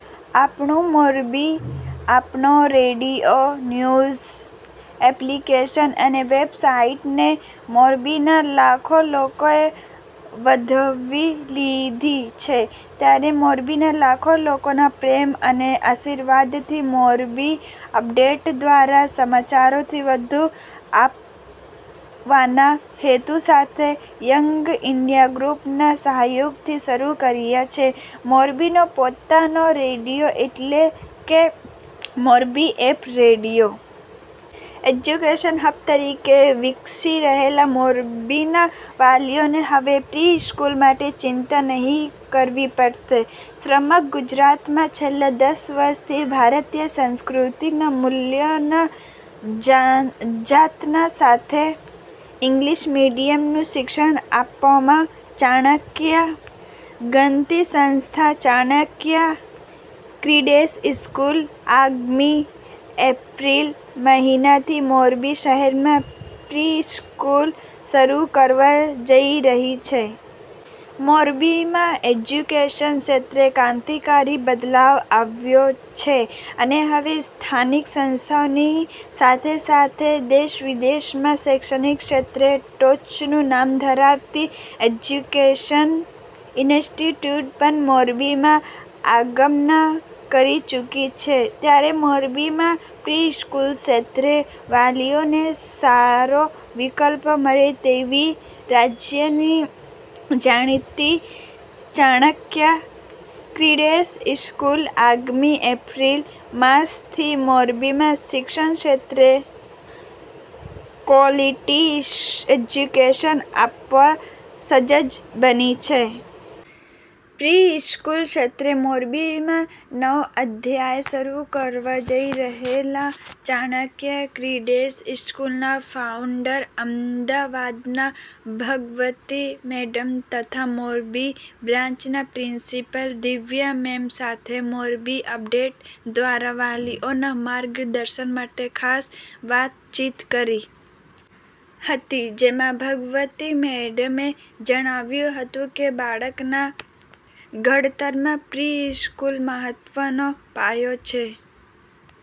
આપણું મોરબી.. આપણો radio.. news application અને વેબસાઈટને મોરબીના લાખો લોકોએ વધાવી લીધી છે. ત્યારે મોરબીના લાખો લોકોના પ્રેમ અને આશીર્વાદથી મોરબી અપડેટ દ્વારા સમાચારોથી વધુ આપવાના હેતુ સાથે યંગ ઇન્ડિયા ગ્રુપના સહયોગથી શરૂ કર્યો છે મોરબીનો પોતાનો રેડીઓ એટલે કે Morbi app radio.. education hub તરીકે વિકસી રહેલા મોરબીના વાલીઓને હવે પ્રિ સ્કૂલ માટે ચિંતા નહિ કરવી પડે, સમગ્ર ગુજરાતમાં છેલ્લા દસ વર્ષથી ભારતીય સંસ્કૃતિના મૂલ્યોના જતન સાથે ઈંગ્લીશ મીડીયમનું શિક્ષણ આપવામાં ચાણક્ય ગણાતી સંસ્થા "ચાણક્ય કિડ્સ સ્કૂલ" આગામી એપ્રિલ મહિનાથી મોરબી શહેરમાં પ્રિ સ્ફુલ શરૂ કરવા જઈ રહી છે. મોરબીમાં એજ્યુકેશન ક્ષેત્રે ક્રાંતિકારી બદલાવ આવ્યો છે અને હવે સ્થાનિક સંસ્થાઓની સાથેસાથે દેશવિદેશમાં શૈક્ષણિક ક્ષેત્રે ટોચનું નામ ધરાવતી એજ્યુકેશન ઇન્સ્ટિટ્યૂટ પણ મોરબીમાં આગમન કરી ચુકી છે ત્યારે મોરબીમાં પ્રિ સ્કૂલ ક્ષેત્રે વાલીઓને સારો વિકલ્પ મળે તેવી રાજ્યની જાણીતી ચાણક્ય કિડ્સ સ્કૂલ આગામી એપ્રિલ માસથી મોરબીમાં શિક્ષણક્ષેત્રે ક્વોલિટી એજ્યુકેશન આપવા સજ્જ બની છે. પ્રિ સ્કૂલ ક્ષેત્રે મોરબીમાં નવો અધ્યાય શરૂ કરવા જઈ રહેલા ચાણક્ય કિડ્સ સ્કૂલના ફાઉન્ડર અમદાવાદના ભગવતી મેડમ તથા મોરબી બ્રાન્ચના પ્રિન્સિપાલ દિવ્યા મેમ સાથે મોરબી અપડેટ દ્વારા વાલીઓના માર્ગદર્શન માટે ખાસ વાતચીત કરી હતી જેમાં ભગવતી મેડમે જણાવ્યું હતું કે બાળકના ઘડતરમાં પ્રિ સ્કૂલ મહત્વનો પાયો છે,